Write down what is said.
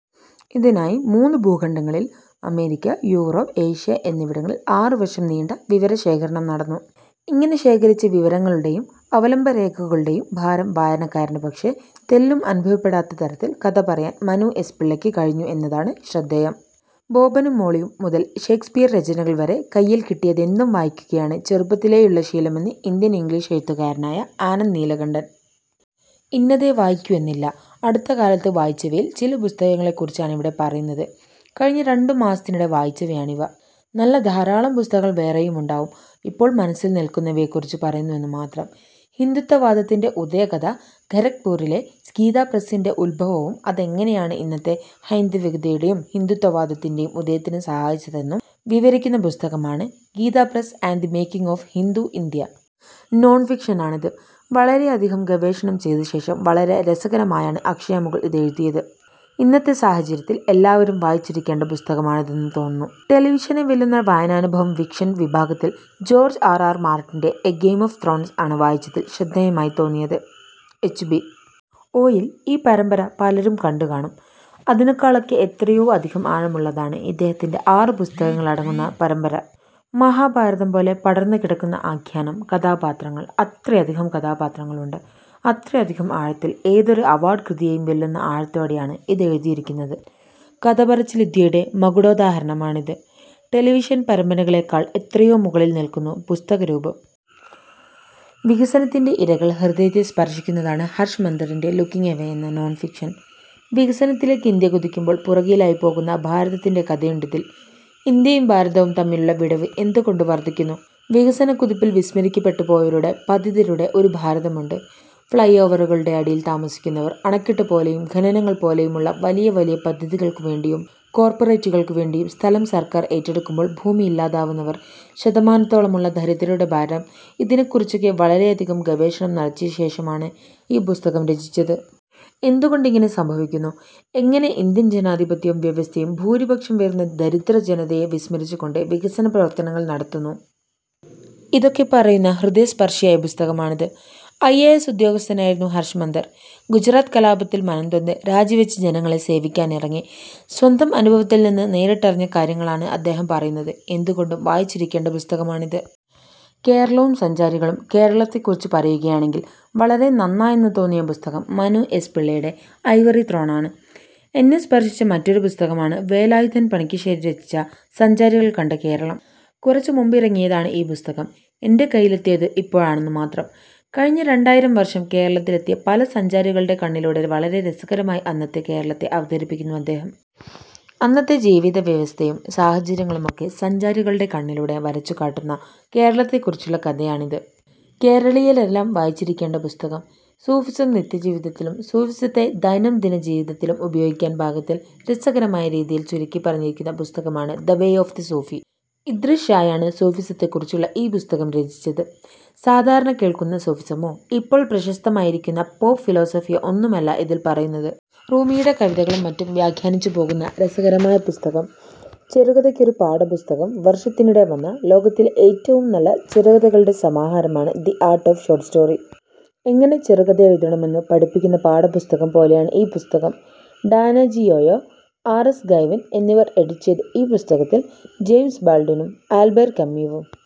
ഇതിനായി മൂന്ന് ഭൂഖണ്ഡങ്ങളില്അമേരിക്ക, Europe, Asia എന്നിവിടങ്ങളില്ആറുവര്ഷം നീണ്ട വിവരശേഖരണം നടന്നു. ഇങ്ങനെ ശേഖരിച്ച വിവരങ്ങളുടെയും അവലംബരേഖകളുടെയും ഭാരം വായനക്കാരന് പക്ഷേ, തെല്ലും അനുഭവപ്പെടാത്ത തരത്തില് കഥ പറയാന് മനു എസ്. പിള്ളയ്ക്ക് കഴിഞ്ഞു എന്നതാണ് ശ്രദ്ധേയം.. 'ബോബനും മോളിയും' മുതല് ഷേക്സ്പിയര് രചനകള് വരെ കൈയില്ക്കിട്ടിയതെന്തും വായിക്കുകയാണ് ചെറുപ്പത്തിലേയുള്ള ശീലമെന്ന് ഇന്ത്യന് ഇംഗ്ലീഷ് എഴുത്തുകാരനായ ആനന്ദ് നീലകണ്ഠന്. ഇന്നതേ വായിക്കൂ എന്നില്ല. അടുത്തകാലത്ത് വായിച്ചവയില് ചില പുസ്തകങ്ങളെക്കുറിച്ചാണിവിടെ പറയുന്നത്. കഴിഞ്ഞ രണ്ടുമാസത്തിനിടെ വായിച്ചവയാണിവ. നല്ല ധാരാളം പുസ്തകങ്ങള് വേറെയുമുണ്ടാവും. ഇപ്പോള് മനസില് നില്ക്കുന്നവയെക്കുറിച്ച് പറയുന്നുവെന്നുമാത്രം. ഹിന്ദുത്വ വാദത്തിന്റെ ഉദയകഥ ഖരഗ്പുരിലെ ഗീതാപ്രസ്സിന്റെ ഉദ്ഭവവും അതെങ്ങനെയാണ് ഇന്നത്തെ ഹൈന്ദവികതയുടെയും ഹിന്ദുത്വവാദത്തിന്റെയും ഉദയത്തിന് സഹായിച്ചതെന്നും വിവരിക്കുന്ന പുസ്തകമാണ് 'Gita Press and the making of Hindu India. ' നോണ്ഫിക്ഷനാണിത്. വളരെയധികം ഗവേഷണം ചെയ്തശേഷം, വളരെ രസകരമായാണ് അക്ഷയ മുകുള് ഇതെഴുതിയത്. ഇന്നത്തെ സാഹചര്യത്തില് എല്ലാവരും വായിച്ചിരിക്കേണ്ട പുസ്തകമാണിതെന്ന് തോന്നുന്നു. ടെലിവിഷനെ വെല്ലുന്ന വായനാനുഭവം ഫിക്ഷന് വിഭാഗത്തില് ജോര്ജ് ആര്. ആര്. മാര്ട്ടിന്റെ 'എ ഗെയിം ഓഫ് ത്രോണ്സ്' ആണ് വായിച്ചതില് ശ്രദ്ധേയമായിത്തോന്നിയത്. എച്ച്. ബി. ഒ. യില് ഈ പരമ്പര പലരും കണ്ടുകാണും. അതിനെക്കാളൊക്കെ എത്രയോ അധികം ആഴമുള്ളതാണ് ഇദ്ദേഹത്തിന്റെ ആറു പുസ്തകങ്ങളടങ്ങുന്ന പരമ്പര. മഹാഭാരതംപോലെ പടര്ന്നുകിടക്കുന്ന ആഖ്യാനം, കഥാപാത്രങ്ങള്. അത്രയധികം കഥാപാത്രങ്ങളുണ്ട്. അത്രയധികം ആഴത്തില്, ഏതൊരു അവാര്ഡ് കൃതിയെയും വെല്ലുന്ന ആഴത്തോടെയാണ് ഇതെഴുതിയിരിക്കുന്നത്. കഥപറച്ചില്വിദ്യയുടെ മകുടോദാഹരണമാണിത്. ടെലിവിഷന് പരമ്പരയെക്കാള് എത്രയോ മുകളില് നില്ക്കുന്നു പുസ്തകരൂപം. വികസനത്തിന്റെ ഇരകള് ഹൃദയത്തെ സ്പര്ശിക്കുന്നതാണ് ഹര്ഷ് മന്തറിന്റെ 'ലുക്കിങ് എവേ' എന്ന നോണ്ഫിക്ഷന്. വികസനത്തിലേക്ക് ഇന്ത്യ കുതിക്കുമ്പോള് പുറകിലായിപ്പോകുന്ന ഭാരതത്തിന്റെ കഥയുണ്ട് ഇതില്. ഇന്ത്യയും ഭാരതവും തമ്മിലുള്ള വിടവ് എന്തുകൊണ്ട് വര്ധിക്കുന്നു. വികസനക്കുതിപ്പില് വിസ്മരിക്കപ്പെട്ടുപോയവരുടെ, പതിതരുടെ ഒരു ഭാരതമുണ്ട്. ഫ്ളൈ ഓവറുകളുടെ അടിയില് താമസിക്കുന്നവര്, അണക്കെട്ടുപോലെയും ഖനനങ്ങള് പോലെയുമുള്ള വലിയവലിയ പദ്ധതികള്ക്കുവേണ്ടിയും കോര്പ്പറേറ്റുകള്ക്കുവേണ്ടിയും സ്ഥലം സര്ക്കാര് ഏറ്റെടുക്കുമ്പോള് ഭൂമിയില്ലാതാവുന്നവര്, ശതമാനത്തോളമുള്ള ദരിദ്രരുടെ ഭാരതം ഇതിനെക്കുറിച്ചൊക്കെ വളരെയധികം ഗവേഷണം നടത്തിയശേഷമാണ് ഈ പുസ്തകം രചിച്ചത്. എന്തുകൊണ്ടിങ്ങനെ സംഭവിക്കുന്നു, എങ്ങനെ ഇന്ത്യന് ജനാധിപത്യവും വ്യവസ്ഥയും ഭൂരിപക്ഷംവരുന്ന ദരിദ്രജനതയെ വിസ്മരിച്ചുകൊണ്ട് വികസന പ്രവര്ത്തനങ്ങള് നടത്തുന്നു ഇതൊക്കെ പറയുന്ന, ഹൃദയസ്പര്ശിയായ പുസ്തകമാണിത്. ഐ. എ. എസ്. ഉദ്യോഗസ്ഥനായിരുന്നു ഹര്ഷ് മന്തര്. ലെ ഗുജറാത്ത് കലാപത്തില് മനംനൊന്ത്, രാജിവെച്ച് ജനങ്ങളെ സേവിക്കാനിറങ്ങി. സ്വന്തം അനുഭവത്തില്നിന്ന് നേരിട്ടറിഞ്ഞ കാര്യങ്ങളാണ് അദ്ദേഹം പറയുന്നത്. എന്തുകൊണ്ടും വായിച്ചിരിക്കേണ്ട പുസ്തകമാണിത്. കേരളവും സഞ്ചാരികളും കേരളത്തെക്കുറിച്ച് പറയുകയാണെങ്കില്, വളരെ നന്നായെന്നുതോന്നിയ പുസ്തകം മനു എസ്. പിള്ളയുടെ 'ഐവറി ത്രോണാ'ണ്. എന്നെ സ്പര്ശിച്ച മറ്റൊരുപുസ്തകമാണ് വേലായുധന് പണിക്കശ്ശേരി രചിച്ച 'സഞ്ചാരികള് കണ്ട കേരളം. ' കുറച്ചുമുമ്പിറങ്ങിയതാണ് ഈ പുസ്തകം. എന്റെ കൈയിലെത്തിയത് ഇപ്പോഴാണെന്നുമാത്രം. കഴിഞ്ഞ രണ്ടായിരം വര്ഷം കേരളത്തിലെത്തിയ പല സഞ്ചാരികളുടെ കണ്ണിലൂടെ വളരെ രസകരമായി അന്നത്തെ കേരളത്തെ അവതരിപ്പിക്കുന്നു അദ്ദേഹം. അന്നത്തെ ജീവിതവ്യവസ്ഥയും സാഹചര്യങ്ങളുമൊക്കെ സഞ്ചാരികളുടെ കണ്ണിലൂടെ വരച്ചുകാട്ടുന്ന, കേരളത്തെക്കുറിച്ചുള്ള കഥയാണിത്. കേരളീയരെല്ലാം വായിച്ചിരിക്കേണ്ട പുസ്തകം. സൂഫിസം നിത്യജീവിതത്തില് സൂഫിസത്തെ ദൈനംദിനജീവിതത്തില് ഉപയോഗിക്കാന് പാകത്തിന് രസകരമായരീതിയില് ചുരുക്കിപ്പറഞ്ഞിരിക്കുന്ന പുസ്തകമാണ് 'the way of the Sufi'. Idries ഷായാണ് സൂഫിസത്തെക്കുറിച്ചുള്ള ഈ പുസ്തകം രചിച്ചത്. സാധാരണകേള്ക്കുന്ന സൂഫിസമോ ഇപ്പോള് പ്രശസ്തമായിരിക്കുന്ന പോപ്പ് ഫിലോസഫിയോ ഒന്നുമല്ല ഇതില് പറയുന്നത്. റൂമിയുടെ കവിതകളും മറ്റും വ്യാഖ്യാനിച്ചുപോകുന്ന രസകരമായ പുസ്തകം. ചെറുകഥയ്ക്ക് ഒരു പാഠപുസ്തകം വര്ഷത്തിനിടെ വന്ന, ലോകത്തിലെ ഏറ്റവും നല്ല ചെറുകഥകളുടെ സമാഹാരമാണ് 'The Art of Short Story. ' എങ്ങനെ ചെറുകഥയെഴുതണമെന്ന് പഠിപ്പിക്കുന്ന പാഠപുസ്തകം പോലെയാണ് ഈ പുസ്തകം. ഡാനാജിയോയാ, ആര്. എസ്. ഗൈ്വന് എന്നിവര് എഡിറ്റ് ചെയ്ത ഈ പുസ്തകത്തില് ജെയിംസ് ബാള്ഡ്വിനും ആല്ബേര് കമ്യുവും